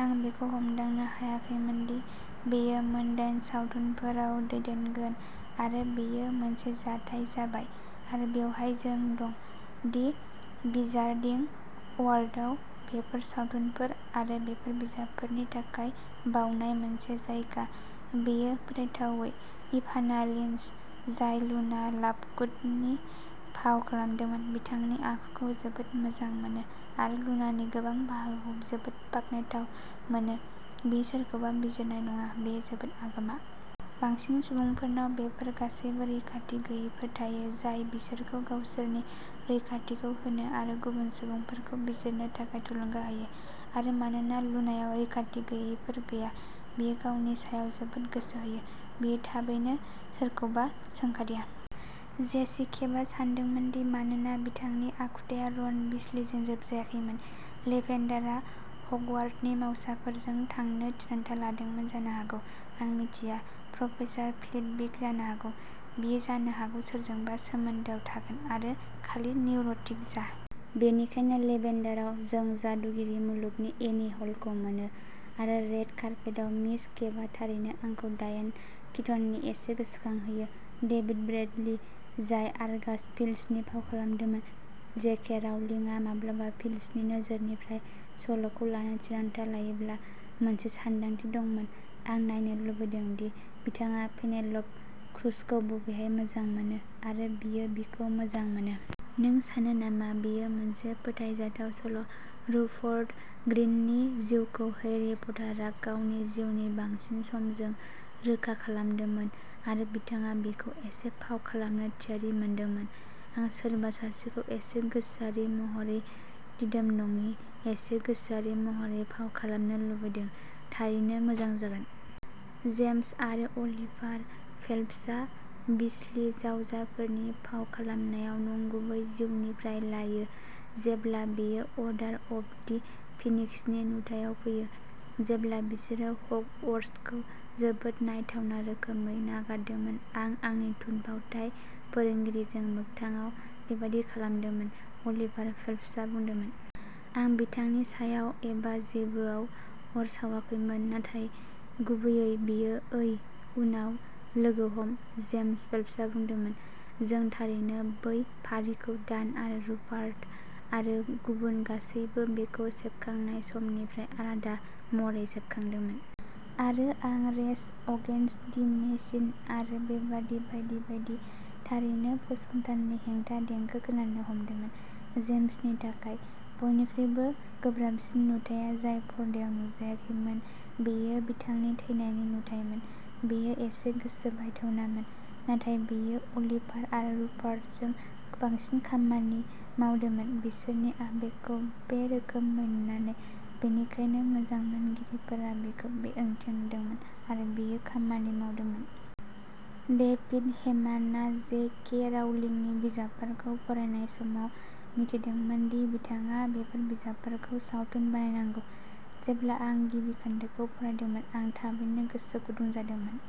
आं बेखौ हमदांनो हायाखैमोन दि बेयो मोनदाइन सावथुनफोराव दैदेनगोन, आरो बेयो मोनसे जाथाय जाबाय। आरो बेवहाय जों दं, दि विजार्डिं वर्ल्डआव, बेफोर सावथुनफोर आरो बेफोर बिजाबफोरनि थाखाय बावनाय मोनसे जायगा। बेयो फोथायथावै। "इभाना लिन्च, जाय लुना लाभगुडनि फाव खालामदोंमोन, बिथांनि आखुखौ जोबोद मोजां मोनो, आरो लुनानि गोबां बाहागोखौ जोबोद बाखनायथाव मोनो" बियो सोरखौबा बिजिरनाय नङा, बेयो जोबोद आगोमा। बांसिन सुबुंफोरनाव बेफोर गासैबो रैखाथि गैयैफोर थायो जाय बिसोरखौ गावसोरनि रैखाथिखौ होनो आरो गुबुन सुबुंफोरखौ बिजिरनो थाखाय थुलुंगा होयो। आरो मानोना लुनायाव रैखाथि गैयैफोर गैया, बियो गावनि सायाव जोबोद गोसो होयो। बियो थाबैनो सोरखौबा सोंखारिया। "जेसि केवआ सानदोंमोन दि मानोना बिथांनि आखुथाया रन वीसलिजों जोबजायाखैमोन, लेभेन्डारा हगवार्टनि मावसाफोरजों थांनो थिरांथा लादोंमोन जानो हागौ" आं मिथिया, प्रफेसार फ्लिटविक, जानो हागौ? बियो जानो हागौ सोरजोंबा सोमोन्दोआव थागोन आरो खालि निउर'टिक जा। "बेनिखायनो लेभेन्डारआव जों जादुगिरि मुलुगनि एनी हलखौ मोनो, आरो रेड कार्पेटआव मिस केभआ थारैनो आंखौ डायेन किटननि एसे गोसोखांहोयो। डेभिड ब्रेडलि, जाय आर्गास फिल्चनि फाव खालामदोंमोन, जे. के. राउलिंआ माब्लाबा फिल्चनि नोजोरनिफ्राय सल'खौ लानो थिरांथा लायोब्ला मोनसे सानदांथि दंमोन" आं नायनो लुबैदों दि बिथाङा पेनेल'प क्रुजखौ बबेहाय मोजां मोनो, आरो बियो बिखौ मोजां मोनो। नों सानो नामा बेयो मोनसे फोथायजाथाव सल'? "रुपर्ट ग्रिन्टनि जिउखौ हैरी पटारआ गावनि जिउनि बांसिन समजों रोखा खालामदोंमोन, आरो बिथाङा बेखौ एसे फाव खालामनो थियारि मोनदोंमोन" आं सोरबा सासेखौ एसे गोसोआरि महरै दिदोम नङि, एसे गोसोआरि महरै फाव खालामनो लुबैदों, थारैनो मोजां जागोन। "जेम्स आरो अलिभार फेल्प्सआ, वीसलि जावजाफोरनि फाव खालामनायाव, नंगुबै जिउनिफ्राय लायो जेब्ला बेयो अर्डार अफ दि फिनिक्सनि नुथायाव फैयो जेब्ला बिसोरो हगवर्ट्सखौ जोबोद नायथावना रोखोमै नागारदोंमोन "आं आंनि थुनफावथाय फोरोंगिरिजों मोगथाङाव बेबादि खालामदोंमोन", अलिभार फेल्प्सआ बुंदोंमोन। "आं बिथांनि सायाव एबा जेबोआव अर सावाखैमोन, नाथाय गुबैयै बेयो ओइ, उनाव लोगो हम!" जेम्स फेल्प्सआ बुंदोंमोन, "जों थारैनो बै फारिखौ दान आरो रुपार्ट आरो गुबुन गासैबो बेखौ सेबखांनाय समनिफ्राय आलादा महरै सेबखांदोंमोन। आरो आं रेज अगेन्स्ट दि मेसिन आरो बेबादि बायदि बायदि, थारैनो फसंथाननि हेंथा देंखो खोनानो हमदोंमोन।" जेम्सनि थाखाय, बयनिख्रुइबो गोब्राबसिन नुथाया जाय पर्दायाव नुजायाखैमोन बेयो बिथांनि थैनायनि नुथाइमोन "बेयो एसे गोसो बायथावनामोन। नाथाय बेयो अलिभार आरो रुपार्टजों बांसिन खामानि मावदोंमोन, बिसोरनि आबेगखौ बे रोखोमै नुनानै, बेनिखायनो मोजां मोनगिरिफोरा बेखौ बे ओंथियाव नुदोंमोन, आरो बेयो खामानि मावदोंमोन।" डेभिड हेमानआ जे. के. राउलिंनि बिजाबफोरखौ फरायनाय समाव मिथिदोंमोन दि बिथाङा बेफोर बिजाबफोरखौ सावथुन बानायनांगौ। "जेब्ला आं गिबि खोन्दोखौ फरायदोंमोन आं थाबैनो गोसो गुदुं जादोंमोन।